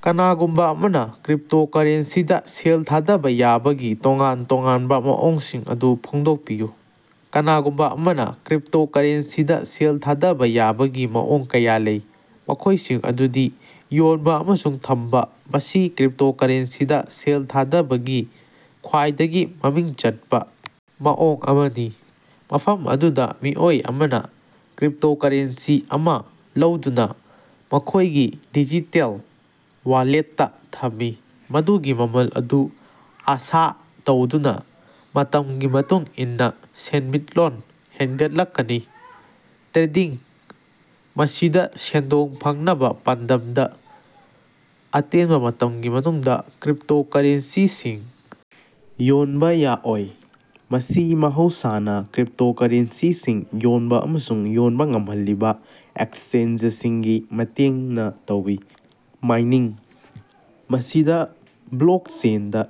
ꯀꯅꯥꯒꯨꯝꯕ ꯑꯃꯅ ꯀ꯭ꯔꯤꯞꯇꯣꯀꯔꯦꯟꯁꯤꯗ ꯁꯦꯜ ꯊꯥꯗꯕ ꯌꯥꯕꯒꯤ ꯇꯣꯉꯥꯟ ꯇꯣꯉꯥꯟꯕ ꯃꯑꯣꯡꯁꯤꯡ ꯑꯗꯨ ꯐꯣꯡꯗꯣꯛꯄꯤꯌꯨ꯫ ꯀꯅꯥꯒꯨꯝꯕ ꯑꯃꯅ ꯀ꯭ꯔꯤꯞꯇꯣꯀꯔꯦꯟꯁꯤꯗ ꯁꯦꯜ ꯊꯥꯗꯕ ꯌꯥꯕꯒꯤ ꯃꯑꯣꯡ ꯀꯌꯥ ꯂꯩ꯫ ꯃꯈꯣꯏꯁꯤꯡ ꯑꯗꯨꯗꯤ: ꯌꯣꯟꯕ ꯑꯃꯁꯨꯡ ꯊꯝꯕ – ꯃꯁꯤ ꯀ꯭ꯔꯤꯞꯇꯣꯀꯔꯦꯟꯁꯤꯗ ꯁꯦꯜ ꯊꯥꯗꯕꯒꯤ ꯈ꯭ꯋꯥꯏꯗꯒꯤ ꯃꯃꯤꯡ ꯆꯠꯄ ꯃꯑꯣꯡ ꯑꯃꯅꯤ꯫ ꯃꯐꯝ ꯑꯗꯨꯗ ꯃꯤꯑꯣꯏ ꯑꯃꯅ ꯀ꯭ꯔꯤꯞꯇꯣꯀꯔꯦꯟꯁꯤ ꯑꯃ ꯂꯧꯗꯨꯅ ꯃꯈꯣꯏꯒꯤ ꯗꯤꯖꯤꯇꯦꯜ ꯋꯥꯂꯦꯠꯇ ꯊꯝꯃꯤ꯫ ꯃꯗꯨꯒꯤ ꯃꯃꯜ ꯑꯗꯨ ꯑꯥꯁꯥ ꯇꯧꯗꯨꯅ ꯃꯇꯝꯒꯤ ꯃꯇꯨꯡ ꯏꯟꯅ ꯁꯦꯟꯃꯤꯠꯂꯣꯟ ꯍꯦꯟꯒꯠꯂꯛꯀꯅꯤ꯫ ꯇ꯭ꯔꯦꯗꯤꯡ – ꯃꯁꯤꯗ ꯁꯦꯟꯗꯣꯡ ꯐꯪꯅꯕ ꯄꯥꯟꯗꯝꯗ ꯑꯇꯦꯟꯕ ꯃꯇꯝꯒꯤ ꯃꯅꯨꯡꯗ ꯀ꯭ꯔꯤꯞꯇꯣꯀꯔꯦꯟꯁꯤꯁꯤꯡ ꯌꯣꯟꯕ ꯌꯥꯑꯣꯏ꯫ ꯃꯁꯤ ꯃꯍꯧꯁꯥꯅ ꯀ꯭ꯔꯤꯞꯇꯣꯀꯔꯦꯟꯁꯤꯁꯤꯡ ꯌꯣꯟꯕ ꯑꯃꯁꯨꯡ ꯌꯣꯟꯕ ꯉꯝꯍꯜꯂꯤꯕ ꯑꯦꯛꯁꯆꯦꯟꯖꯁꯤꯡꯒꯤ ꯃꯇꯦꯡꯅ ꯇꯧꯏ꯫ ꯃꯥꯏꯅꯤꯡ – ꯃꯁꯤꯗ ꯕ꯭ꯂꯣꯛꯆꯦꯟꯗ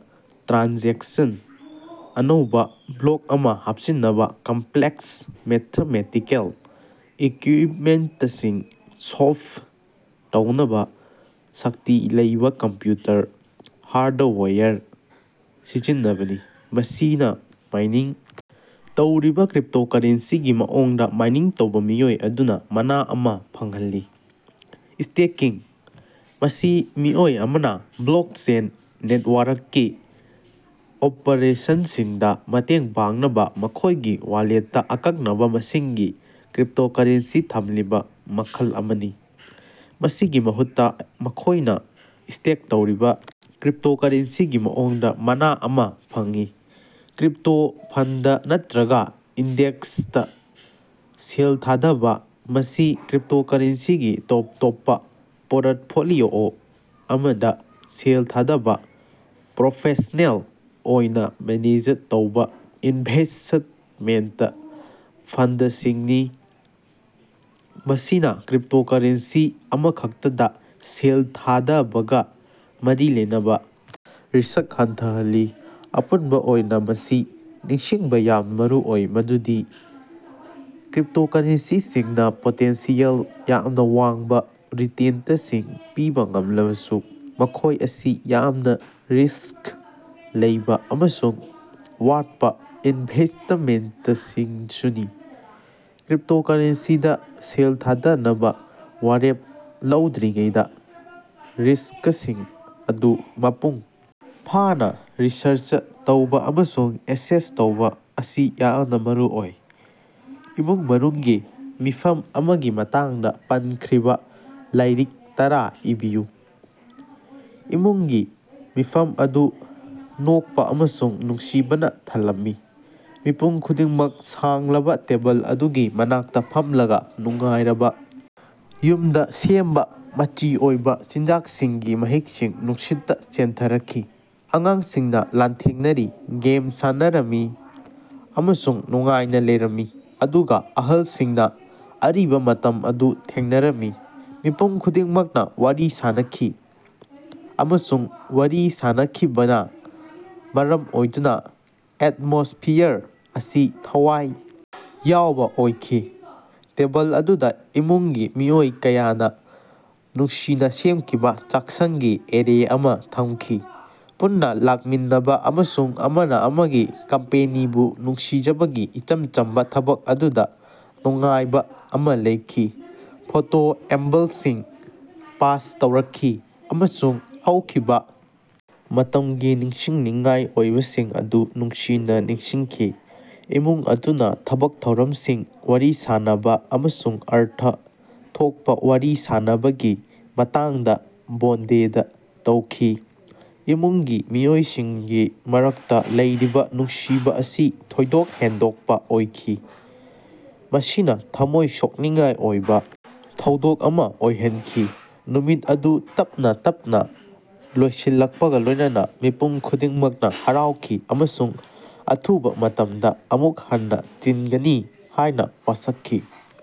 ꯇ꯭ꯔꯥꯟꯖꯦꯛꯁꯟꯒꯤ ꯑꯅꯧꯕ ꯕ꯭ꯂꯣꯛ ꯑꯃ ꯍꯥꯞꯆꯤꯟꯅꯕ ꯀꯝꯄ꯭ꯂꯦꯛꯁ ꯃꯦꯊꯃꯦꯇꯤꯀꯦꯜ ꯏꯀ꯭ꯌꯨꯏꯞꯃꯦꯟꯇꯁꯤꯡ ꯁꯣꯜꯚ ꯇꯧꯅꯕ ꯁꯛꯇꯤ ꯂꯩꯕ ꯀꯝꯄ꯭ꯌꯨꯇꯔ ꯍꯥꯔꯗꯋꯦꯌꯔ ꯁꯤꯖꯤꯟꯅꯕꯅꯤ꯫ ꯃꯁꯤꯅ ꯃꯥꯏꯅꯤꯡ ꯇꯧꯔꯤꯕ ꯀ꯭ꯔꯤꯞꯇꯣꯀꯔꯦꯟꯁꯤꯒꯤ ꯃꯑꯣꯡꯗ ꯃꯥꯏꯅꯤꯡ ꯇꯧꯕ ꯃꯤꯑꯣꯏ ꯑꯗꯨꯗ ꯃꯅꯥ ꯑꯃ ꯐꯪꯍꯜꯂꯤ꯫ ꯁ꯭ꯇꯦꯀꯤꯡ – ꯃꯁꯤ ꯃꯤꯑꯣꯏ ꯑꯃꯅ ꯕ꯭ꯂꯣꯛꯆꯦꯟ ꯅꯦꯠꯋꯥꯔꯛꯀꯤ ꯑꯣꯄꯔꯦꯁꯟꯁꯤꯡꯗ ꯃꯇꯦꯡ ꯄꯥꯡꯅꯕ ꯃꯈꯣꯏꯒꯤ ꯋꯥꯂꯦꯠꯇ ꯑꯀꯛꯅꯕ ꯃꯁꯤꯡꯒꯤ ꯀ꯭ꯔꯤꯞꯇꯣꯀꯔꯦꯟꯁꯤ ꯊꯝꯂꯤꯕ ꯃꯈꯜ ꯑꯃꯅꯤ꯫ ꯃꯁꯤꯒꯤ ꯃꯍꯨꯠꯇ ꯃꯈꯣꯏꯅ ꯁ꯭ꯇꯦꯛ ꯇꯧꯔꯤꯕ ꯀ꯭ꯔꯤꯞꯇꯣꯀꯔꯦꯟꯁꯤꯒꯤ ꯃꯑꯣꯡꯗ ꯃꯅꯥ ꯑꯃ ꯐꯪꯏ꯫ ꯀ꯭ꯔꯤꯞꯇꯣ ꯐꯟꯗ ꯅꯠꯇ꯭ꯔꯒ ꯏꯟꯗꯦꯛꯁꯇ ꯁꯦꯜ ꯊꯥꯗꯕ – ꯃꯁꯤ ꯀ꯭ꯔꯤꯞꯇꯣꯀꯔꯦꯟꯁꯤꯒꯤ ꯇꯣꯞ ꯇꯣꯞꯄ ꯄꯣꯔꯠꯐꯣꯂꯤꯑꯣ ꯑꯃꯗ ꯁꯦꯜ ꯊꯥꯗꯕ ꯄ꯭ꯔꯣꯐꯦꯁ꯭ꯅꯦꯜ ꯑꯣꯏꯅ ꯃꯦꯅꯦꯖ ꯇꯧꯕ ꯏꯟꯚꯦꯁꯠꯃꯦꯟꯇ ꯐꯟꯗꯁꯤꯡꯅꯤ꯫ ꯃꯁꯤꯅ ꯀ꯭ꯔꯤꯞꯇꯣꯀꯔꯦꯟꯁꯤ ꯑꯃꯈꯛꯇꯗ ꯁꯦꯜ ꯊꯥꯗꯕꯒ ꯃꯔꯤ ꯂꯩꯅꯕ ꯔꯤꯁꯛ ꯍꯟꯊꯍꯜꯂꯤ꯫ ꯑꯄꯨꯟꯕ ꯑꯣꯏꯅ, ꯃꯁꯤ ꯅꯤꯡꯁꯤꯡꯕ ꯌꯥꯝꯅ ꯃꯔꯨ ꯑꯣꯏ ꯃꯗꯨꯗꯤ ꯀ꯭ꯔꯤꯞꯇꯣꯀꯔꯦꯟꯁꯤꯁꯤꯡꯅ ꯄꯣꯇꯦꯟꯁꯤꯌꯦꯜ ꯌꯥꯝꯅ ꯋꯥꯡꯕ ꯔꯤꯇꯦꯟꯇꯁꯤꯡ ꯄꯤꯕ ꯉꯝꯂꯕꯁꯨ ꯃꯈꯣꯏ ꯑꯁꯤ ꯌꯥꯝꯅ ꯔꯤꯁ꯭ꯛ ꯂꯩꯕ ꯑꯃꯁꯨꯡ ꯋꯥꯠꯄ ꯏꯟꯚꯦꯁꯇꯃꯦꯟꯇꯁꯤꯡꯁꯨꯅꯤ꯫ ꯀ꯭ꯔꯤꯞꯇꯣꯀꯔꯦꯟꯁꯤꯗ ꯁꯦꯜ ꯊꯥꯗꯅꯕ ꯋꯥꯔꯦꯞ ꯂꯧꯗ꯭ꯔꯤꯉꯩꯗ ꯔꯤꯁꯀꯁꯤꯡ ꯑꯗꯨ ꯃꯄꯨꯡ ꯐꯥꯅ ꯔꯤꯁꯔꯆ ꯇꯧꯕ ꯑꯃꯁꯨꯡ ꯑꯦꯁꯦꯁ ꯇꯧꯕ ꯑꯁꯤ ꯌꯥꯝꯅ ꯃꯔꯨꯑꯣꯏ꯫ ꯏꯃꯨꯡ ꯃꯅꯨꯡꯒꯤ ꯃꯤꯐꯝ ꯑꯃꯒꯤ ꯃꯇꯥꯡꯗ ꯄꯟꯈ꯭ꯔꯤꯕ ꯂꯥꯏꯔꯤꯛ ꯇꯔꯥ ꯏꯕꯤꯌꯨ꯫ ꯏꯃꯨꯡꯒꯤ ꯃꯤꯐꯝ ꯑꯗꯨ ꯅꯣꯛꯄ ꯑꯃꯁꯨꯡ ꯅꯨꯡꯁꯤꯕꯅ ꯊꯜꯂꯝꯃꯤ꯫ ꯃꯤꯄꯨꯝ ꯈꯨꯗꯤꯡꯃꯛ ꯁꯥꯡꯂꯕ ꯇꯦꯕꯜ ꯑꯗꯨꯒꯤ ꯃꯅꯥꯛꯇ ꯐꯝꯂꯒ ꯅꯨꯡꯉꯥꯏꯔꯕ ꯌꯨꯝꯗ ꯁꯦꯝꯕ ꯃꯆꯤ ꯑꯣꯏꯕ ꯆꯤꯟꯖꯥꯛꯁꯤꯡꯒꯤ ꯃꯍꯤꯛꯁꯤꯡ ꯅꯨꯡꯁꯤꯠꯇ ꯆꯦꯟꯊꯔꯛꯈꯤ꯫ ꯑꯉꯥꯡꯁꯤꯡꯅ ꯂꯥꯟꯊꯦꯡꯅꯔꯤ, ꯒꯦꯝ ꯁꯥꯟꯅꯔꯝꯃꯤ ꯑꯃꯁꯨꯡ ꯅꯨꯡꯉꯥꯏꯅ ꯂꯩꯔꯝꯃꯤ ꯑꯗꯨꯒ ꯑꯍꯜꯁꯤꯡꯅ ꯑꯔꯤꯕ ꯃꯇꯝ ꯑꯗꯨ ꯊꯦꯡꯅꯔꯝꯃꯤ꯫ ꯃꯤꯄꯨꯝ ꯈꯨꯗꯤꯡꯃꯛꯅ ꯋꯥꯔꯤ ꯁꯥꯅꯈꯤ ꯑꯃꯁꯨꯡ ꯋꯥꯔꯤ ꯁꯥꯅꯈꯤꯕꯅ ꯃꯔꯝ ꯑꯣꯏꯗꯨꯅ ꯑꯦꯠꯃꯣꯁꯐꯤꯌꯔ ꯑꯁꯤ ꯊꯋꯥꯏ ꯌꯥꯎꯕ ꯑꯣꯏꯈꯤ꯫ ꯇꯦꯕꯜ ꯑꯗꯨꯗ ꯏꯃꯨꯡꯒꯤ ꯃꯤꯑꯣꯏ ꯀꯌꯥꯅ ꯅꯨꯡꯁꯤꯅ ꯁꯦꯝꯈꯤꯕ ꯆꯥꯛꯁꯪꯒꯤ ꯑꯦꯔꯦ ꯑꯃ ꯊꯝꯈꯤ꯫ ꯄꯨꯟꯅ ꯂꯥꯛꯃꯤꯟꯅꯕ ꯑꯃꯁꯨꯡ ꯑꯃꯅ ꯑꯃꯒꯤ ꯀꯝꯄꯦꯅꯤꯕꯨ ꯅꯨꯡꯁꯤꯖꯕꯒꯤ ꯏꯆꯝ ꯆꯝꯕ ꯊꯕꯛ ꯑꯗꯨꯗ ꯅꯨꯡꯉꯥꯏꯕ ꯑꯃ ꯂꯩꯈꯤ꯫ ꯐꯣꯇꯣ ꯑꯦꯜꯕꯝꯁꯤꯡ ꯄꯥꯁ ꯇꯧꯔꯛꯈꯤ ꯑꯃꯁꯨꯡ ꯍꯧꯈꯤꯕ ꯃꯇꯝꯒꯤ ꯅꯤꯡꯁꯤꯡꯅꯤꯡꯉꯥꯏ ꯑꯣꯏꯕꯁꯤꯡ ꯑꯗꯨ ꯅꯨꯡꯁꯤꯅ ꯅꯤꯡꯁꯤꯡꯈꯤ꯫ ꯏꯃꯨꯡ ꯑꯗꯨꯅ ꯊꯕꯛ ꯊꯧꯔꯝꯁꯤꯡ, ꯋꯥꯔꯤ ꯁꯥꯟꯅꯕ ꯑꯃꯁꯨꯡ ꯑꯔꯊ ꯊꯣꯛꯄ ꯋꯥꯔꯤ ꯁꯥꯟꯅꯕꯒꯤ ꯃꯇꯥꯡꯗ ꯕꯣꯟꯗꯦꯗ ꯇꯧꯈꯤ꯫ ꯏꯃꯨꯡꯒꯤ ꯃꯤꯑꯣꯏꯁꯤꯡꯒꯤ ꯃꯔꯛꯇ ꯂꯩꯔꯤꯕ ꯅꯨꯡꯁꯤꯕ ꯑꯁꯤ ꯊꯣꯏꯗꯣꯛ ꯍꯦꯟꯗꯣꯛꯄ ꯑꯣꯏꯈꯤ꯫ ꯃꯁꯤꯅ ꯊꯝꯃꯣꯏ ꯁꯣꯛꯅꯤꯡꯉꯥꯏ ꯑꯣꯏꯕ ꯊꯧꯗꯣꯛ ꯑꯃ ꯑꯣꯏꯍꯟꯈꯤ꯫ ꯅꯨꯃꯤꯠ ꯑꯗꯨ ꯇꯞꯅ ꯇꯞꯅ ꯂꯣꯏꯁꯤꯜꯂꯛꯄꯒ ꯂꯣꯏꯅꯅ ꯃꯤꯄꯨꯝ ꯈꯨꯗꯤꯡꯃꯛꯅ ꯍꯔꯥꯎꯈꯤ ꯑꯃꯁꯨꯡ ꯑꯊꯨꯕ ꯃꯇꯝꯗ ꯑꯃꯨꯛ ꯍꯟꯅ ꯇꯤꯟꯒꯅꯤ ꯍꯥꯏꯅ ꯋꯥꯁꯛꯈꯤ꯫